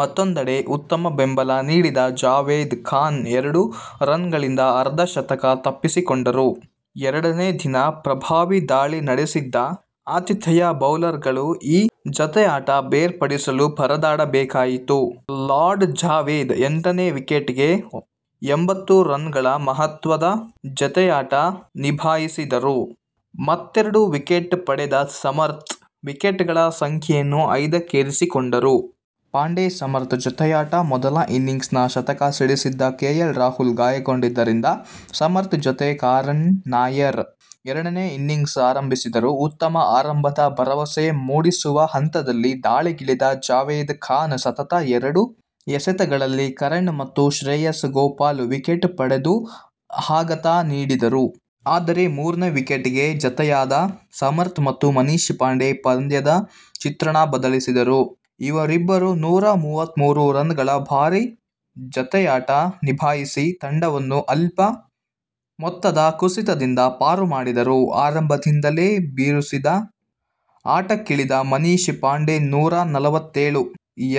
ಮತ್ತೂಂದೆಡೆ ಉತ್ತಮ ಬೆಂಬಲ ನೀಡಿದ ಜಾವೇದ್ ಖಾನ್ ಎರಡು ರನ್ಗಳಿಂದ ಅರ್ಧ ಶತಕ ತಪ್ಪಿಸಿಕೊಂಡರು. ಎರಡನೇ ದಿನ ಪ್ರಭಾವಿ ದಾಳಿ ನಡೆಸಿದ್ದ ಆತಿಥೇಯ ಬೌಲರ್ಗಳು ಈ ಜತೆಯಾಟ ಬೇರ್ಪಡಿಸಲು ಪರದಾಡಬೇಕಾಯಿತು. ಲಾಡ್-ಜಾವೇದ್ ಎಂಟನೇ ವಿಕೆಟಿಗೆ ಎಂಬತ್ತು ರನ್ಗಳ ಮಹತ್ವದ ಜತೆಯಾಟ ನಿಭಾಯಿಸಿದರು. ಮತ್ತೆರಡು ವಿಕೆಟ್ ಪಡೆದ ಸಮರ್ಥ್ ವಿಕೆಟ್ಗಳ ಸಂಖ್ಯೆಯನ್ನು ಐದಕ್ಕೇರಿಸಿಕೊಂಡರು. ಪಾಂಡೆ- ಸಮರ್ಥ್ ಜತೆಯಾಟಮೊದಲ ಇನಿಂಗ್ಸ್ನಲ್ಲಿ ಶತಕ ಸಿಡಿಸಿದ್ದ ಕೆ. ಎಲ್. ರಾಹುಲ್ ಗಾಯಗೊಂಡಿದ್ದರಿಂದ ಸಮರ್ಥ್ ಜತೆ ಕರಣ್ ನಾಯರ್ ಎರಡನೇ ಇನಿಂಗ್ಸ್ ಆರಂಭಿಸಿದರು. ಉತ್ತಮ ಆರಂಭದ ಭರವಸೆ ಮೂಡಿಸುವ ಹಂತದಲ್ಲಿ ದಾಳಿಗಿಳಿದ ಜಾವೇದ್ ಖಾನ್ ಸತತ ಎರಡು ಎಸೆತಗಳಲ್ಲಿ ಕರಣ್ ಮತ್ತು ಶ್ರೇಯಸ್ ಗೋಪಾಲ್ ವಿಕೆಟ್ ಪಡೆದು ಆಘಾತ ನೀಡಿದರು. ಆದರೆ ಮೂರನೇ ವಿಕೆಟ್ಗೆ ಜತೆಯಾದ ಸಮರ್ಥ್ ಮತ್ತು ಮನೀಷ್ ಪಾಂಡೆ ಪಂದ್ಯದ ಚಿತ್ರಣ ಬದಲಿಸಿದರು. ಇವರಿಬ್ಬರು ನೂರ ಮೂವತ್ಮೂರು ರನ್ಗಳ ಭರ್ಜರಿ ಜತೆಯಾಟ ನಿಭಾಯಿಸಿ ತಂಡವನ್ನು ಅಲ್ಪ ಮೊತ್ತದ ಕುಸಿತದಿಂದ ಪಾರು ಮಾಡಿದರು. ಆರಂಭದಿಂದಲೇ ಬಿರುಸಿನ ಆಟಕ್ಕಿಳಿದ ಮನೀಷ್ ಪಾಂಡೆ ನೂರ ನಲವತ್ತೇಳು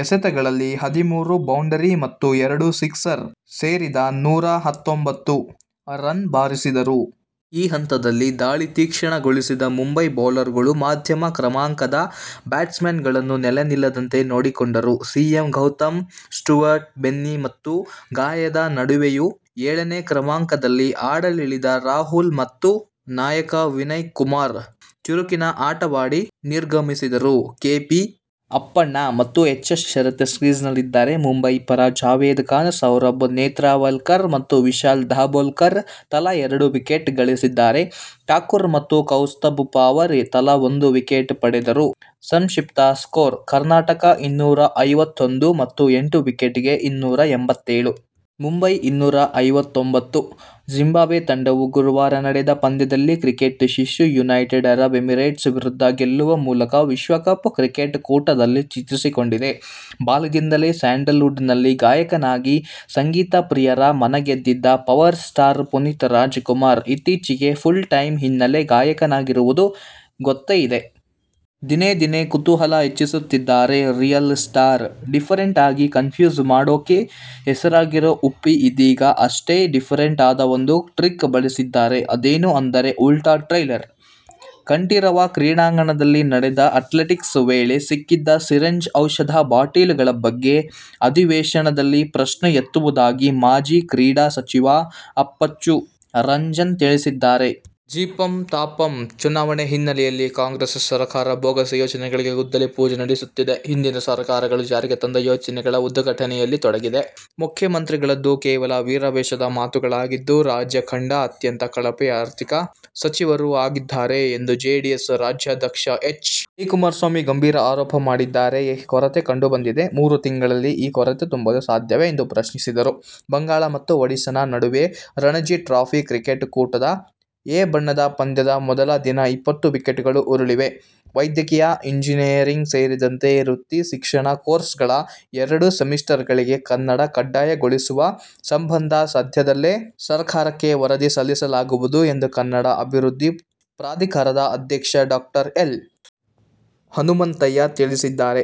ಎಸೆತಗಳಲ್ಲಿ ಹದಿಮೂರು ಬೌಂಡರಿ ಮತ್ತು ಎರಡು ಸಿಕ್ಸರ್ ಸೇರಿದ ನೂರ ಹತ್ತೊಂಬತ್ತು ರನ್ ಬಾರಿಸಿದರು. ಈ ಹಂತದಲ್ಲಿ ದಾಳಿ ತೀಕ್ಷ್ಣಗೊಳಿಸಿದ ಮುಂಬಯಿ ಬೌಲರ್ಗಳು ಮಧ್ಯಮ ಕ್ರಮಾಂಕದ ಬ್ಯಾಟ್ಸ್ಮನ್ಗಳು ನೆಲೆ ನಿಲ್ಲದಂತೆ ನೋಡಿಕೊಂಡರು. C. M. Gautam, Stuart Binny ಮತ್ತು ಗಾಯದ ನಡುವೆಯೂ ಏಳನೇ ಕ್ರಮಾಂಕದಲ್ಲಿ ಆಡಲಿಳಿದ ರಾಹುಲ್ ಮತ್ತು ನಾಯಕ ವಿನಯ್ ಕುಮಾರ್ ಚುರುಕಿನ ಆಟವಾಡಿ ನಿರ್ಗಮಿಸಿದರು. ಕೆ. ಪಿ. ಅಪ್ಪಣ್ಣ ಮತ್ತು ಎಚ್. ಎಸ್. ಶರತ್ ಕ್ರೀಸ್ನಲ್ಲಿದ್ದಾರೆ. ಮುಂಬಯಿ ಪರ ಜಾವೇದ್ ಖಾನ್, ಸೌರಭ್ ನೇತ್ರಾವಲ್ಕರ್ ಮತ್ತು ವಿಶಾಲ್ ದಾಭೋಲ್ಕರ್ ತಲಾ ಎರಡು ವಿಕೆಟ್ ಗಳಿಸಿದರೆ, ಠಾಕೂರ್ ಮತ್ತು ಕೌಸ್ತುಭ್ ಪವಾರ್ ತಲಾ ಒಂದು ವಿಕೆಟ್ ಪಡೆದರು. ಸಂಕ್ಷಿಪ್ತ ಸ್ಕೋರ್: ಕರ್ನಾಟಕ-ಇನ್ನೂರ ಐವತ್ತೊಂದು ಮತ್ತು ಎಂಟು ವಿಕೆಟಿಗೆ ಇನ್ನೂರ ಎಂಬತ್ತೇಳು. ಮುಂಬಯಿ-ಇನ್ನೂರ ಅರವತ್ತೊಂಬತ್ತು. ಜಿಂಬಾಬ್ವೆ ತಂಡವು ಗುರುವಾರ ನಡೆದ ಪಂದ್ಯದಲ್ಲಿ ಕ್ರಿಕೆಟ್ ಶಿಶು ಯುನೈಟೆಡ್ ಅರಬ್ ಎಮಿರೇಟ್ಸ್ ವಿರುದ್ಧ ಗೆಲ್ಲುವ ಮೂಲಕ ವಿಶ್ವ ಕಪ್ ಕ್ರಿಕೆಟ್ ಕೂಟದಲ್ಲಿ ಚೇತರಿಸಿಕೊಂಡಿದೆ. ಬಾಲ್ಯದಿಂದಲೇ ಸ್ಯಾಂಡಲ್ ವುಡ್'ನಲ್ಲಿ ಗಾಯಕನಾಗಿ ಸಂಗೀತ ಪ್ರಿಯರ ಮನಗೆದ್ದಿದ್ದ ಪವರ್ ಸ್ಟಾರ್ ಪುನೀತ್ ರಾಜ್ ಕುಮಾರ್ ಇತ್ತೀಚೆಗೆ ಫುಲ್ ಟೈಂ ಹಿನ್ನಲೆ ಗಾಯಕರಾಗಿರುವುದು ಗೊತ್ತೆ ಇದೆ. ದಿನೇ ದಿನೇ ಕುತೂಹಲ ಹೆಚ್ಚಿಸುತ್ತಿದ್ದಾರೆ ರಿಯಲ್ ಸ್ಟಾರ್, ಡಿಫರೆಂಟ್ ಆಗಿ ಕನ್ ಫ್ಯೂಸ್ ಮಾಡೊಕ್ಕೆ ಹೆಸರಾಗಿರೋ ಉಪ್ಪಿ ಇದೀಗ ಅಷ್ಟೇ ಡಿಫರೆಂಟ್ ಆದ ಒಂದು ಟ್ರಿಕ್ ಬಳಸಿದ್ದಾರೆ. ಅದೇನು ಅಂದರೆ ಉಲ್ಟಾ ಟ್ರೇಲರ್. ಕಂಠೀರವ ಕ್ರೀಡಾಂಗಣದಲ್ಲಿ ನಡೆದ ಆ್ಯತ್ಲೆಟಿಕ್ಸ್ ವೇಳೆ ಸಿಕ್ಕಿದ ಸಿರಿಂಜ್, ಔಷಧ ಬಾಟಲಿಗಳ ಬಗ್ಗೆ ಅಧಿವೇಶನದಲ್ಲಿ ಪ್ರಶ್ನೆ ಎತ್ತುವುದಾಗಿ ಮಾಜಿ ಕ್ರೀಡಾ ಸಚಿವ ಅಪ್ಪಚ್ಚು ರಂಜನ್ ತಿಳಿಸಿದ್ದಾರೆ. ಜಿಪಂ, ತಾಪಂ ಚುನಾವಣೆ ಹಿನ್ನೆಲೆಯಲ್ಲಿ ಕಾಂಗ್ರೆಸ್ ಸರಕಾರ ಬೋಗಸ್ ಯೋಜನೆಗಳಿಗೆ ಗುದ್ದಲಿ ಪೂಜೆ ನೆರವೇರಿಸುತ್ತಿದೆ. ಹಿಂದಿನ ಸರಕಾರಗಳು ಜಾರಿಗೆ ತಂದ ಯೋಜನೆಗಳ ಉದ್ಘಾಟನೆಯಲ್ಲಿ ತೊಡಗಿದೆ. ಮುಖ್ಯಮಂತ್ರಿಗಳದ್ದು ಕೇವಲ ವೀರಾವೇಶದ ಮಾತುಗಳಾಗಿದ್ದು, ರಾಜ್ಯ ಕಂಡ ಅತ್ಯಂತ ಕಳಪೆ ಆರ್ಥಿಕ ಸಚಿವರು ಅವರಾಗಿದ್ದಾರೆ ಎಂದು ಜೆಡಿಎಸ್ ರಾಜ್ಯಾಧ್ಯಕ್ಷ ಎಚ್. ಡಿ. ಕುಮಾರಸ್ವಾಮಿ ಗಂಭೀರ ಆರೋಪ ಮಾಡಿದ್ದಾರೆ. ಕೊರತೆ ಕಂಡು ಬಂದಿದೆ. ಮೂರು ತಿಂಗಳಲ್ಲಿ ಈ ಕೊರತೆ ತುಂಬಲು ಸಾಧ್ಯವೇ ಎಂದು ಪ್ರಶ್ನಿಸಿದರು. ಬಂಗಾಲ ಮತ್ತು ಒಡಿಶಾ ನಡುವಣ ರಣಜಿ ಟ್ರೋಫಿ ಕ್ರಿಕೆಟ್ ಕೂಟದ 'ಎ' ಬಣದ ಪಂದ್ಯದ ಮೊದಲ ದಿನ ಇಪ್ಪತ್ತು ವಿಕೆಟ್ಗಳು ಉರುಳಿವೆ. ವೈದ್ಯಕೀಯ, ಎಂಜಿನಿಯರಿಂಗ್ ಸೇರಿದಂತೆ ವೃತ್ತಿ ಶಿಕ್ಷಣ ಕೋರ್ಸ್ಗಳ ಎರಡು ಸೆಮಿಸ್ಟರ್ಗಳಿಗೆ ಕನ್ನಡ ಕಡ್ಡಾಯಗೊಳಿಸುವ ಸಂಬಂಧ ಸದ್ಯದಲ್ಲೇ ಸರ್ಕಾರಕ್ಕೆ ವರದಿ ಸಲ್ಲಿಸಲಾಗುವುದು ಎಂದು ಕನ್ನಡ ಅಭಿವೃದ್ಧಿ ಪ್ರಾಧಿಕಾರದ ಅಧ್ಯಕ್ಷ ಡಾಕ್ಟರ್ ಎಲ್. ಹನುಮಂತಯ್ಯ ತಿಳಿಸಿದ್ದಾರೆ.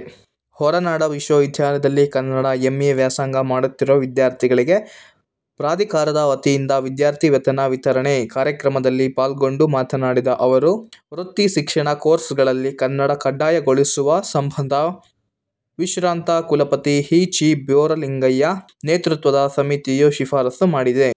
ಹೊರನಾಡ ವಿಶ್ವವಿದ್ಯಾಲಯಗಳಲ್ಲಿ ಕನ್ನಡ ಎಂ. ಎ. ವ್ಯಾಸಂಗ ಮಾಡುತ್ತಿರುವ ವಿದ್ಯಾರ್ಥಿಗಳಿಗೆ ಪ್ರಾಧಿಕಾರದ ವತಿಯಿಂದ ವಿದ್ಯಾರ್ಥಿವೇತನ ವಿತರಣೆ ಕಾರ್ಯಕ್ರಮದಲ್ಲಿ ಪಾಲ್ಗೊಂಡು ಮಾತನಾಡಿದ ಅವರು, ವೃತ್ತಿ ಶಿಕ್ಷಣ ಕೋರ್ಸ್ಗಳಲ್ಲಿ ಕನ್ನಡ ಕಡ್ಡಾಯಗೊಳಿಸುವ ಸಂಬಂಧ ವಿಶ್ರಾಂತ ಕುಲಪತಿ ಹಿ. ಚಿ. ಬೋರಲಿಂಗಯ್ಯ ನೇತೃತ್ವದ ಸಮಿತಿಯೂ ಶಿಫಾರಸು ಮಾಡಿದೆ.